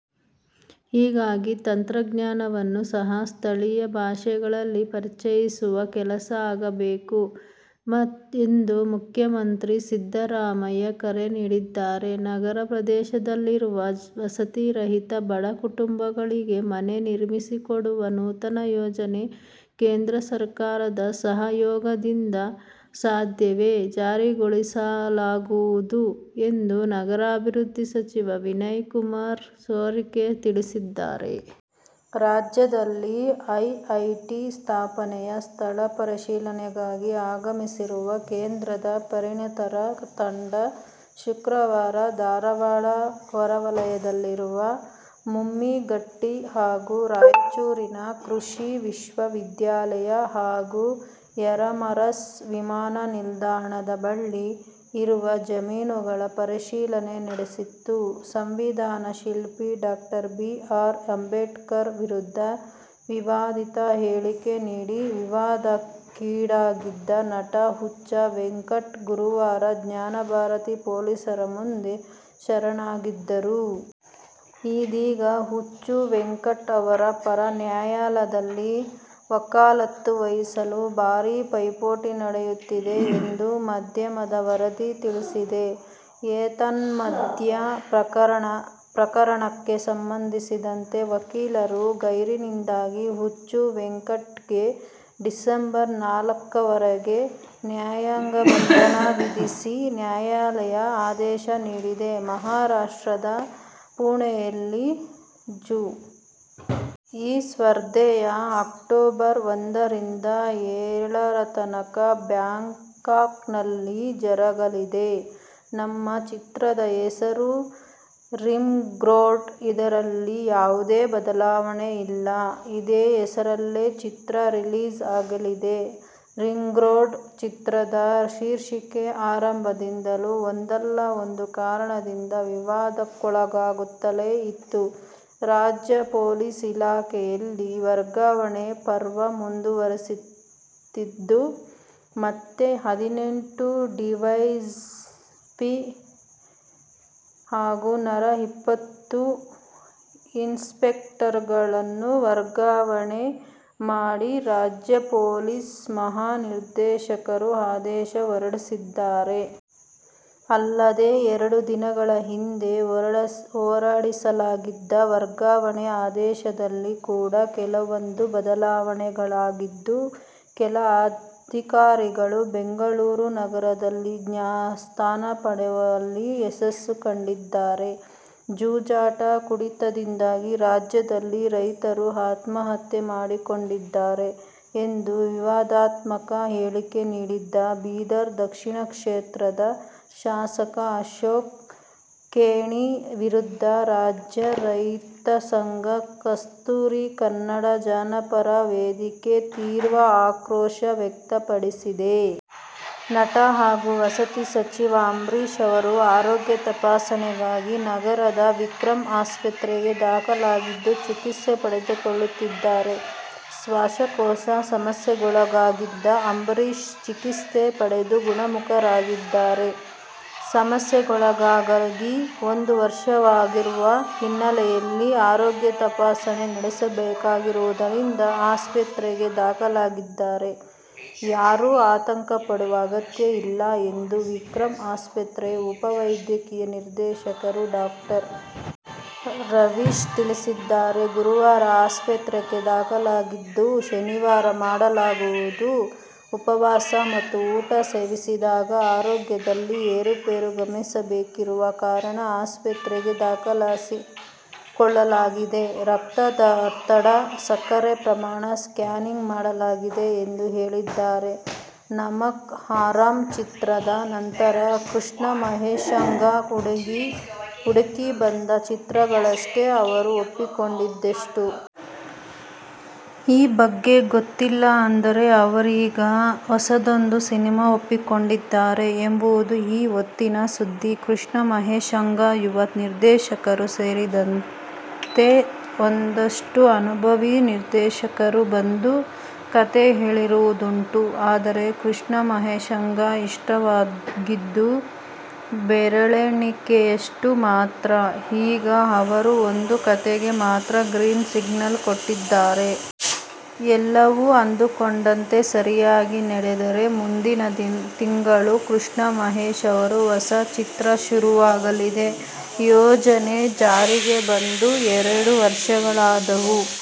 ಹೀಗಾಗಿ ತಂತ್ರಜ್ಞಾನವನ್ನು ಸಹ ಸ್ಥಳೀಯ ಭಾಷೆಗಳಲ್ಲಿ ಪರಿಚಯಿಸುವ ಕೆಲಸ ಆಗಬೇಕು ಎಂದು ಮುಖ್ಯಮಂತ್ರಿ ಸಿದ್ದರಾಮಯ್ಯ ಕರೆ ನೀಡಿದ್ದಾರೆ. ನಗರ ಪ್ರದೇಶದಲ್ಲಿರುವ ವಸತಿ ರಹಿತ ಬಡ ಕುಟುಂಬಗಳಿಗೆ ಮನೆ ನಿರ್ಮಿಸಿಕೊಡುವ ನೂತನ ಯೋಜನೆ ಕೇಂದ್ರ ಸರ್ಕಾರದ ಸಹಯೋಗದೊಂದಿಗೆ ಸದ್ಯವೇ ಜಾರಿಗೊಳಿಸ ಲಾಗುವುದು ಎಂದು ನಗರಾಭಿವೃದ್ಧಿ ಸಚಿವ ವಿನಯಕುಮಾರ್ ಸೊರಕೆ ತಿಳಿಸಿದ್ದಾರೆ. ರಾಜ್ಯದಲ್ಲಿ ಐಐಟಿ ಸ್ಥಾಪನೆಯ ಸ್ಥಳ ಪರಿಶೀಲನೆಗಾಗಿ ಆಗಮಿಸಿರುವ ಕೇಂದ್ರದ ಪರಿಣತರ ತಂಡ ಶುಕ್ರವಾರ ಧಾರವಾಡ ಹೊರವಲಯದಲ್ಲಿರುವ ಮುಮ್ಮಿಗಟ್ಟಿ ಹಾಗೂ ರಾಯಚೂರಿನ ಕೃಷಿ ವಿಶ್ವವಿದ್ಯಾಲಯ ಹಾಗೂ ಯರಮರಸ್ ವಿಮಾನ ನಿಲ್ದಾಣದ ಬಳಿ ಇರುವ ಜಮೀನುಗಳ ಪರಿಶೀಲನೆ ನಡೆಸಿತು. ಸಂವಿಧಾನ ಶಿಲ್ಪಿ ಡಾ. ಬಿ. ಆರ್. ಅಂಬೇಡ್ಕರ್ ವಿರುದ್ಧ ವಿವಾದಿತ ಹೇಳಿಕೆ ನೀಡಿ ವಿವಾದಕ್ಕೀಡಾಗಿದ್ದ ನಟ ಹುಚ್ಚ ವೆಂಕಟ್ ಗುರುವಾರ ಜ್ಞಾನಭಾರತಿ ಪೊಲೀಸರ ಮುಂದೆ ಶರಣಾಗಿದ್ದರು. ಇದೀಗ ಹುಚ್ಚ ವೆಂಕಟ್ ಅವರ ಪರ ನ್ಯಾಯಾಲಯದಲ್ಲಿ ವಕಾಲತ್ತು ವಹಿಸಲು ಭಾರೀ ಪೈಪೋಟಿ ನಡೆಯುತ್ತಿದೆ ಎಂದು ಮಾಧ್ಯಮದ ವರದಿ ತಿಳಿಸಿದೆ. ಏತನ್ಮಧ್ಯೆ ಪ್ರಕರಣಕ್ಕೆ ಸಂಬಂಧಿಸಿದಂತೆ ವಕೀಲರು ಗೈರಿನಿಂದಾಗಿ ಹುಚ್ಚ ವೆಂಕಟ್ ಗೆ ಡಿಸೆಂಬರ್ ನಾಲ್ಕರವರೆಗೆ ನ್ಯಾಯಾಂಗ ಬಂಧನ ವಿಧಿಸಿ ನ್ಯಾಯಾಲಯ ಆದೇಶ ನೀಡಿದೆ. ಮಹಾರಾಷ್ಟ್ರದ ಪುಣೆಯಲ್ಲಿ ಜು. ಈ ಸ್ಪರ್ಧೆಯು ಅಕ್ಟೋಬರ್ ಒಂದರಿಂದ ಏಳರತನಕ ಬ್ಯಾಂಕಾಂಕ್ನಲ್ಲಿ ಜರಗಲಿದೆ. ನಮ್ಮ ಚಿತ್ರದ ಹೆಸರು ರಿಂಗ್ರೋಡ್. ಇದರಲ್ಲಿ ಯಾವುದೇ ಬದಲಾವಣೆ ಇಲ್ಲ. ಇದೇ ಹೆಸರಲ್ಲೇ ಚಿತ್ರ ರಿಲೀಸ್ ಆಗಲಿದೆ. ರಿಂಗ್ರೋಡ್' ಚಿತ್ರದ ಶೀರ್ಷಿಕೆ ಆರಂಭದಿಂದಲೂ ಒಂದಲ್ಲ ಒಂದು ಕಾರಣದಿಂದ ವಿವಾದಕ್ಕೊಳಗಾಗುತ್ತಲೇ ಇತ್ತು. ರಾಜ್ಯ ಪೊಲೀಸ್ ಇಲಾಖೆಯಲ್ಲಿ ವರ್ಗಾವಣೆ ಪರ್ವ ಮುಂದುವರೆದಿದ್ದು, ಮತ್ತೆ ಹದಿನೆಂಟು ಡಿವೈಎಸ್ಪಿ ಹಾಗೂ ನರ ಇಪ್ಪತ್ತು ಇನ್ಸ್ಪೆಕ್ಟರ್ಗಳನ್ನು ವರ್ಗಾವಣೆ ಮಾಡಿ ರಾಜ್ಯ ಪೊಲೀಸ್ ಮಹಾನಿರ್ದೇಶಕರು ಆದೇಶ ಹೊರಡಿಸಿದ್ದಾರೆ. ಅಲ್ಲದೆ, ಎರಡು ದಿನಗಳ ಹಿಂದೆ ಹೊರಡಿಸಲಾಗಿದ್ದ ವರ್ಗಾವಣೆ ಆದೇಶದಲ್ಲಿ ಕೂಡ ಕೆಲವೊಂದು ಬದಲಾವಣೆಗಳಾಗಿದ್ದು, ಕೆಲ ಅಧಿಕಾರಿಗಳು ಬೆಂಗಳೂರು ನಗರದಲ್ಲಿ ಸ್ಥಾನ ಪಡೆಯುವಲ್ಲಿ ಯಶಸ್ಸು ಕಂಡಿದ್ದಾರೆ. ಜೂಜಾಟ, ಕುಡಿತದಿಂದಾಗಿ ರಾಜ್ಯದಲ್ಲಿ ರೈತರು ಆತ್ಮಹತ್ಯೆ ಮಾಡಿಕೊಂಡಿದ್ದಾರೆ ಎಂದು ವಿವಾದಾತ್ಮಕ ಹೇಳಿಕೆ ನೀಡಿದ್ದ ಬೀದರ್ ದಕ್ಷಿಣ ಕ್ಷೇತ್ರದ ಶಾಸಕ ಅಶೋಕ್ ಖೇಣಿ ವಿರುದ್ಧ ರಾಜ್ಯ ರೈತಸಂಘ, ಕಸ್ತೂರಿ ಕನ್ನಡ ಜನಪರ ವೇದಿಕೆ ತೀವ್ರ ಆಕ್ರೋಶ ವ್ಯಕ್ತಪಡಿಸಿದೆ. ನಟ ಹಾಗೂ ವಸತಿ ಸಚಿವ ಅಂಬರೀಶ್ ಅವರು ಆರೋಗ್ಯ ತಪಾಸಣೆಗಾಗಿ ನಗರದ ವಿಕ್ರಂ ಆಸ್ಪತ್ರೆಗೆ ದಾಖಲಾಗಿದ್ದು, ಚಿಕಿತ್ಸೆ ಪಡೆದುಕೊಳ್ಳುತ್ತಿದ್ದಾರೆ. ಶ್ವಾಸಕೋಶ ಸಮಸ್ಯೆಗೊಳಗಾಗಿದ್ದ ಅಂಬರೀಶ್ ಚಿಕಿತ್ಸೆ ಪಡೆದು ಗುಣಮುಖರಾಗಿದ್ದಾರೆ. ಸಮಸ್ಯೆಗೊಳಗಾಗಿ ಒಂದು ವರ್ಷವಾಗಿರುವ ಹಿನ್ನೆಲೆಯಲ್ಲಿ ಆರೋಗ್ಯ ತಪಾಸಣೆ ನಡೆಸಬೇಕಾಗಿರುವುದರಿಂದ ಆಸ್ಪತ್ರೆಗೆ ದಾಖಲಾಗಿದ್ದಾರೆ. ಯಾರೂ ಆತಂಕ ಪಡುವ ಅಗತ್ಯ ಇಲ್ಲ ಎಂದು ವಿಕ್ರಂ ಆಸ್ಪತ್ರೆಯ ಉಪ ವೈದ್ಯಕೀಯ ನಿರ್ದೇಶಕ ಡಾ. ರವೀಶ್ ತಿಳಿಸಿದ್ದಾರೆ. ಗುರುವಾರ ಆಸ್ಪತ್ರೆಗೆ ದಾಖಲಾಗಿದ್ದು, ಶನಿವಾರ ಮಾಡಲಾಗುವುದು. ಉಪವಾಸ ಮತ್ತು ಊಟ ಸೇವಿಸಿದಾಗ ಆರೋಗ್ಯದಲ್ಲಿನ ಏರುಪೇರು ಗಮನಿಸಬೇಕಿರುವ ಕಾರಣ ಆಸ್ಪತ್ರೆಗೆ ದಾಖಲಿಸಿಕೊಳ್ಳಲಾಗಿದೆ. ರಕ್ತದೊತ್ತಡ, ಸಕ್ಕರೆ ಪ್ರಮಾಣ, ಸ್ಕ್ಯಾನಿಂಗ್ ಮಾಡಲಾಗಿದೆ ಎಂದು ಹೇಳಿದ್ದಾರೆ. ನಮಕ್ ಹರಾಮ್ ಚಿತ್ರದ ನಂತರ ಕೃಷ್ಣಮಹೇಶ್ಗೆ ಹುಡುಕಿ ಬಂದ ಚಿತ್ರಗಳೆಷ್ಟು? ಅವರು ಒಪ್ಪಿಕೊಂಡಿದ್ದೆಷ್ಟು? ಈ ಬಗ್ಗೆ ಗೊತ್ತಿಲ್ಲ. ಆದರೆ, ಅವರೀಗ ಹೊಸದೊಂದು ಸಿನಿಮಾ ಒಪ್ಪಿಕೊಂಡಿದ್ದಾರೆ ಎಂಬುದು ಈ ಹೊತ್ತಿನ ಸುದ್ದಿ. ಕೃಷ್ಣಮಹೇಶ್ಗೆ ಯುವ ನಿರ್ದೇಶಕರು ಸೇರಿದಂತೆ ಒಂದಷ್ಟು ಅನುಭವಿ ನಿರ್ದೇಶಕರು ಬಂದು ಕಥೆ ಹೇಳಿರುವುದುಂಟು. ಆದರೆ, ಕೃಷ್ಣಮಹೇಶ್ಗೆ ಇಷ್ಟವಾಗಿದ್ದು, ಬೆರಳೆಣಿಕೆಯಷ್ಟು ಮಾತ್ರ. ಈಗ ಅವರು ಒಂದು ಕಥೆಗೆ ಮಾತ್ರ ಗ್ರೀನ್ ಸಿಗ್ನಲ್ ಕೊಟ್ಟಿದ್ದಾರೆ. ಎಲ್ಲವೂ ಅಂದುಕೊಂಡಂತೆ ಸರಿಯಾಗಿ ನಡೆದರೆ ಮುಂದಿನ ತಿಂಗಳು ಕೃಷ್ಣ ಮಹೇಶ್ ಅವರ ಹೊಸ ಚಿತ್ರ ಶುರುವಾಗಲಿದೆ. ಯೋಜನೆ ಜಾರಿಗೆ ಬಂದು ಎರಡು ವರ್ಷಗಳಾದವು.